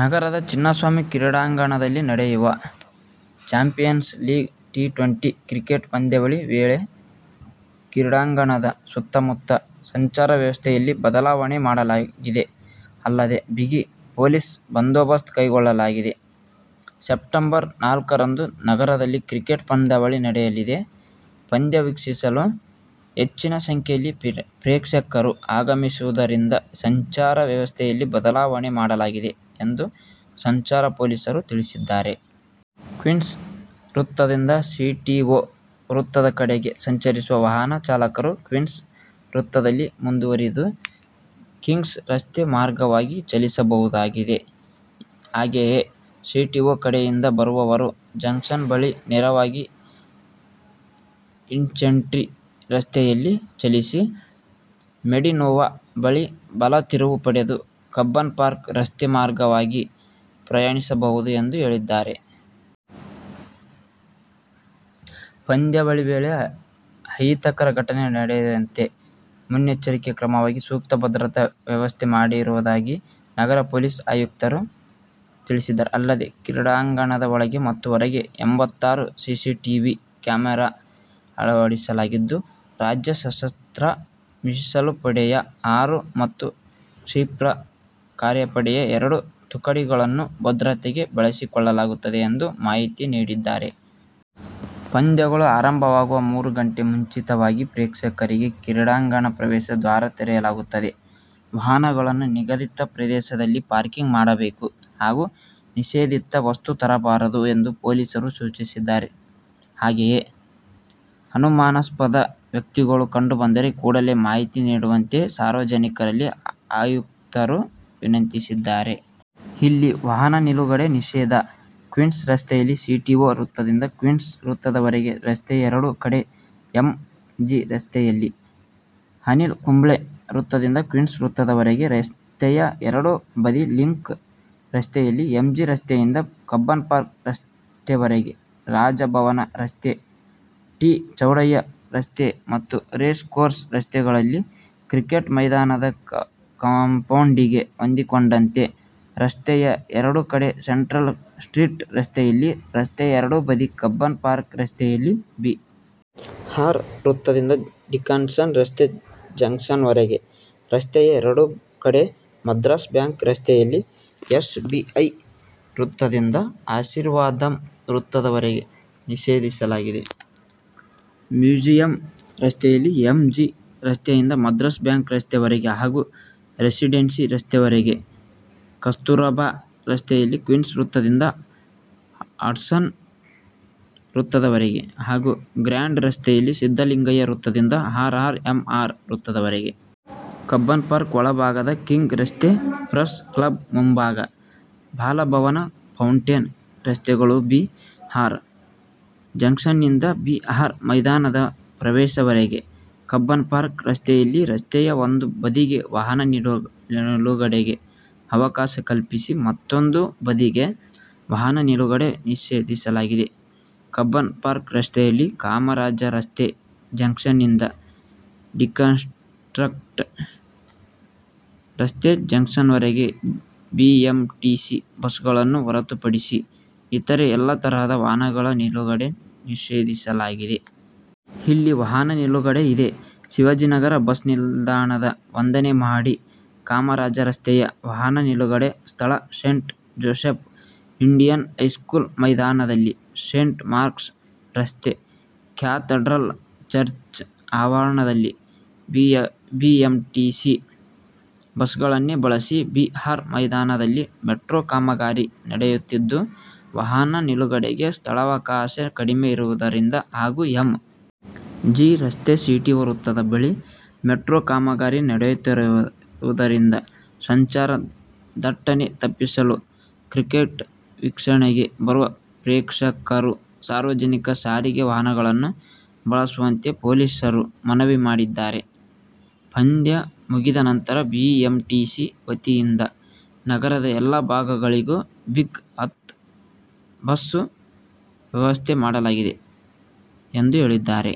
ನಗರದ ಚಿನ್ನಸ್ವಾಮಿ ಕ್ರೀಡಾಂಗಣದಲ್ಲಿ ನಡೆಯುವ 'ಚಾಂಪಿಯನ್ಸ್ ಲೀಗ್ ಟಿ-ಟ್ವೆಂಟಿ' ಕ್ರಿಕೆಟ್ ಪಂದ್ಯಾವಳಿ ವೇಳೆ ಕ್ರೀಡಾಂಗಣದ ಸುತ್ತಮುತ್ತ ಸಂಚಾರ ವ್ಯವಸ್ಥೆಯಲ್ಲಿ ಬದಲಾವಣೆ ಮಾಡಲಾಗಿದೆ. ಅಲ್ಲದೆ ಬಿಗಿ ಪೊಲೀಸ್ ಬಂದೋಬಸ್ತ್ ಕೈಗೊಳ್ಳಲಾಗಿದೆ. ಸೆಪ್ಟೆಂಬರ್ ನಾಲ್ಕರಂದು ನಗರದಲ್ಲಿ ಕ್ರಿಕೆಟ್ ಪಂದ್ಯಾವಳಿ ನಡೆಯಲಿದೆ. ಪಂದ್ಯ ವೀಕ್ಷಿಸಲು ಹೆಚ್ಚಿನ ಸಂಖ್ಯೆಯಲ್ಲಿ ಪ್ರೇಕ್ಷಕರು ಆಗಮಿಸುವುದರಿಂದ ಸಂಚಾರ ವ್ಯವಸ್ಥೆಯಲ್ಲಿ ಬದಲಾವಣೆ ಮಾಡಲಾಗಿದೆ ಎಂದು ಸಂಚಾರ ಪೊಲೀಸರು ತಿಳಿಸಿದ್ದಾರೆ. ಕ್ವೀನ್ಸ್ ವೃತ್ತದಿಂದ ಸಿಟಿಓ ವೃತ್ತದ ಕಡೆಗೆ ಸಂಚರಿಸುವ ವಾಹನ ಚಾಲಕರು ಕ್ವೀನ್ಸ್ ವೃತ್ತದಲ್ಲಿ ಮುಂದುವರಿದು, ಕಿಂಗ್ಸ್ ರಸ್ತೆ ಮಾರ್ಗವಾಗಿ ಚಲಿಸಬಹುದಾಗಿದೆ. ಹಾಗೆಯೇ ಸಿಟಿಓ ಕಡೆಯಿಂದ ಬರುವವರು ಜಂಕ್ಷನ್ ಬಳಿ ನೇರವಾಗಿ ಇನ್ಫೆಂಟ್ರಿ ರಸ್ತೆಯಲ್ಲಿ ಚಲಿಸಿ, ಮೆಡಿನೋವಾ ಬಳಿ ಬಲ ತಿರುವು ಪಡೆದು ಕಬ್ಬನ್ ಪಾರ್ಕ್ ರಸ್ತೆ ಮಾರ್ಗವಾಗಿ ಪ್ರಯಾಣಿಸಬಹುದು ಎಂದು ಹೇಳಿದ್ದಾರೆ. ಪಂದ್ಯಾವಳಿ ವೇಳೆ ಅಹಿತಕರ ಘಟನೆ ನಡೆಯದಂತೆ ಮುನ್ನೆಚ್ಚರಿಕೆ ಕ್ರಮವಾಗಿ ಸೂಕ್ತ ಭದ್ರತಾ ವ್ಯವಸ್ಥೆ ಮಾಡಿರುವುದಾಗಿ ನಗರ ಪೊಲೀಸ್ ಆಯುಕ್ತರು ತಿಳಿಸಿದ್ದಾರೆ. ಅಲ್ಲದೆ ಕ್ರೀಡಾಂಗಣದ ಒಳಗೆ ಮತ್ತು ಹೊರಗೆ ಎಂಭತ್ತಾರು ಸಿಸಿಟೀವಿ ಕ್ಯಾಮೆರಾ ಅಳವಡಿಸಲಾಗಿದ್ದು, ರಾಜ್ಯ ಸಶಸ್ತ್ರ ಮೀಸಲು ಪಡೆಯ ಆರು ಮತ್ತು ಕ್ಷಿಪ್ರ ಕಾರ್ಯಪಡೆಯ ಎರಡು ತುಕಡಿಗಳನ್ನು ಭದ್ರತೆಗೆ ಬಳಸಿಕೊಳ್ಳಲಾಗುತ್ತದೆ ಎಂದು ಮಾಹಿತಿ ನೀಡಿದ್ದಾರೆ. ಪಂದ್ಯಗಳು ಆರಂಭವಾಗುವ ಮೂರು ಗಂಟೆ ಮುಂಚಿತವಾಗಿ ಪ್ರೇಕ್ಷಕರಿಗೆ ಕ್ರೀಡಾಂಗಣ ಪ್ರವೇಶ ದ್ವಾರ ತೆರೆಯಲಾಗುತ್ತದೆ. ವಾಹನಗಳನ್ನು ನಿಗದಿತ ಪ್ರದೇಶದಲ್ಲಿ ಪಾರ್ಕಿಂಗ್ ಮಾಡಬೇಕು ಹಾಗೂ ನಿಷೇಧಿತ ವಸ್ತು ತರಬಾರದು ಎಂದು ಪೊಲೀಸರು ಸೂಚಿಸಿದ್ದಾರೆ. ಹಾಗೆಯೇ ಅನುಮಾನಾಸ್ಪದ ವ್ಯಕ್ತಿಗಳು ಕಂಡು ಬಂದರೆ ಕೂಡಲೇ ಮಾಹಿತಿ ನೀಡುವಂತೆ ಸಾರ್ವನಿಕರಲ್ಲಿ ಆಯುಕ್ತರು ವಿನಂತಿಸಿದ್ದಾರೆ. ಇಲ್ಲಿ ವಾಹನ ನಿಲುಗಡೆ ನಿಷೇಧ ಕ್ವೀನ್ಸ್ ರಸ್ತೆಯಲ್ಲಿ ಸಿಟಿಓ ವೃತ್ತದಿಂದ ಕ್ವೀನ್ಸ್ ವೃತ್ತದವರೆಗೆ ರಸ್ತೆಯ ಎರಡು ಕಡೆ-ಎಂ. ಜಿ ರಸ್ತೆಯಲ್ಲಿ ಅನಿಲ್ ಕುಂಬ್ಳೆ ವೃತ್ತದಿಂದ ಕ್ವೀನ್ಸ್ ವೃತ್ತದವರೆಗೆ ರಸ್ತೆಯ ಎರಡು ಬದಿ-ಲಿಂಕ್ ರಸ್ತೆಯಲ್ಲಿ ಎಂ. ಜಿ ರಸ್ತೆಯಿಂದ ಕಬ್ಬನ್ ಪಾರ್ಕ್ ರಸ್ತೆವರೆಗೆ-ರಾಜಭವನ ರಸ್ತೆ, ಟಿ. ಚೌಡಯ್ಯ ರಸ್ತೆ ಮತ್ತು ರೇಸ್ ಕೋರ್ಸ್ ರಸ್ತೆಗಳಲ್ಲಿ ಕ್ರಿಕೆಟ್ ಮೈದಾನದ ಕಾಂಪೌಂಡಿಗೆ ಹೊಂದಿಕೊಂಡಂತೆ ರಸ್ತೆಯ ಎರಡು ಕಡೆ-ಸೆಂಟ್ರಲ್ ಸ್ಟ್ರೀಟ್ ರಸ್ತೆಯಲ್ಲಿ ರಸ್ತೆಯ ಎರಡು ಬದಿ ಕಬ್ಬನ್ ಪಾರ್ಕ್ ರಸ್ತೆಯಲ್ಲಿ ಬಿ. ಆರ್. ವೃತ್ತದಿಂದ ಡಿಕನ್ಸನ ರಸ್ತೆ ಜಂಕ್ಷನ್ವರೆಗೆ ರಸ್ತೆಯ ಎರಡೂ ಕಡೆ ಮದ್ರಾಸ್ ಬ್ಯಾಂಕ್ ರಸ್ತೆಯಲ್ಲಿ ಎಸ್. ಬಿ. ಐ ವೃತ್ತದಿಂದ ಆಶೀರ್ವಾದಂ ವೃತ್ತದ ವರೆಗೆ ನಿಷೇಧಿಸಲಾಗಿದೆ. ಮ್ಯೂಸಿಯಂ ರಸ್ತೆಯಲ್ಲಿ ಎಂ. ಜಿ ರಸ್ತೆಯಿಂದ ಮದ್ರಾಸ್ ಬ್ಯಾಂಕ್ ರಸ್ತೆ ವರೆಗೆ ಹಾಗೂ ರೆಸಿಡೆನ್ಸಿ ರಸ್ತೆವರೆಗೆ, ಕಸ್ತೂರಬಾ ರಸ್ತೆಯಲ್ಲಿ ಕ್ವೀನ್ಸ್ ವೃತ್ತದಿಂದ ಹಡ್ಸನ್ ವೃತ್ತದ ವರೆಗೆ ಹಾಗೂ ಗ್ರ್ಯಾಂಡ್ ರಸ್ತೆಯಲ್ಲಿ ಸಿದ್ದಲಿಂಗಯ್ಯ ವೃತ್ತದಿಂದ ಅರ್ ಆರ್ ಎಂ ಆರ್ ವೃತ್ತದವರೆಗೆ. ಕಬ್ಬನ್ಪಾರ್ಕ್ ಒಳಭಾಗದ ಕಿಂಗ್ ರಸ್ತೆ, ಪ್ರಸ್ ಕ್ಲಬ್ ಮುಂಭಾಗ, ಬಾಲಭವನ ಪೌಂಟೇನ್ ರಸ್ತೆಗಳು-ಬಿ. ಆರ್. ಜಂಕ್ಷನ್ನಿಂದ, ಬಿ. ಆರ್. ಮೈದಾನದ ಪ್ರವೇಶವರೆಗೆ ಕಬ್ಬನ್ ಪಾರ್ಕ್ ರಸ್ತೆಯಲ್ಲಿ ರಸ್ತೆಯ ಒಂದು ಬದಿಗೆ ವಾಹನ ನಿಲುಗಡೆಗೆ ಅವಕಾಶ ಕಲ್ಪಿಸಿ ಮತ್ತೂಂದು ಬದಿಗೆ ವಾಹನ ನಿಲುಗಡೆ ನಿಷೇಧಿಸಲಾಗಿದೆ. ಕಬ್ಬನ್ ಪಾರ್ಕ್ ರಸ್ತೆಯಲ್ಲಿ ಕಾಮರಾಜರಸ್ತೆ ಜಂಕ್ಷನ್ನಿಂದ ಡಿಕನ್ಸ್ಟ್ರಕ್ಟ್ ರಸ್ತೆ ಜಂಕ್ಷನ್ವರೆಗೆ ಬಿಎಂಟಿಸಿ ಬಸ್ಗಳನ್ನು ಹೊರತುಪಡಿಸಿ ಇತರೆ ಎಲ್ಲಾ ತರಹದ ವಾಹನಗಳ ನಿಲುಗಡೆ ನಿಷೇಧಿಸಲಾಗಿದೆ. ಇಲ್ಲಿ ವಾಹನ ನಿಲುಗಡೆ ಇದೆ, ಶಿವಾಜಿನಗರ ಬಸ್ ನಿಲ್ದಾಣದ ಒಂದನೇ ಮಹಡಿ ಕಾಮರಾಜರಸ್ತೆಯ ವಾಹನ ನಿಲುಗಡೆ ಸ್ಥಳ ಸೇಂಟ್ ಜೋಸೆಫ್ ಇಂಡಿಯನ್ ಹೈಸ್ಕೂಲ್ ಮೈದಾನದಲ್ಲಿ ಸೇಂಟ್ ಮಾರ್ಕ್ಸ್ ರಸ್ತೆ ಕ್ಯಾಥಡ್ರಲ್ ಚರ್ಚ್ ಆವರಣದಲ್ಲಿ ಬಿಎಂಟಿಸಿ ಬಸ್ಗಳನ್ನೇ ಬಳಸಿ ಬಿ. ಆರ್. ಮೈದಾನದಲ್ಲಿ ಮೆಟ್ರೋ ಕಾಮಗಾರಿ ನಡೆಯುತ್ತಿದ್ದು, ವಾಹನ ನಿಲುಗಡೆಗೆ ಸ್ಥಳಾವಕಾಶ ಕಡಿಮೆ ಇರುವುದರಿಂದ ಹಾಗೂ ಎಂ. ಜಿ. ರಸ್ತೆ ಸಿಟಿಓ ವೃತ್ತದ ಬಳಿ ಮೆಟ್ರೋ ಕಾಮಗಾರಿ ನಡೆಯುತ್ತಿರುವುದರಿಂದ ಸಂಚಾರ ದಟ್ಟಣೆ ತಪ್ಪಿಸಲು ಕ್ರಿಕೆಟ್ ವೀಕ್ಷಣೆಗೆ ಬರುವ ಪ್ರೇಕ್ಷಕರು ಸಾರ್ವಜನಿಕ ಸಾರಿಗೆ ವಾಹನಗಳನ್ನು ಬಳಸುವಂತೆ ಪೊಲೀಸರು ಮನವಿ ಮಾಡಿದ್ದಾರೆ. ಪಂದ್ಯ ಮುಗಿದ ನಂತರ ಬಿಎಂಟಿಸಿ ವತಿಯಿಂದ ನಗರದ ಎಲ್ಲಾ ಭಾಗಗಳಿಗೂ ಬಿಗ್-ಹತ್ತು ಬಸ್ ವ್ಯವಸ್ಥೆ ಮಾಡಲಾಗಿದೆ ಎಂದು ಹೇಳಿದ್ದಾರೆ.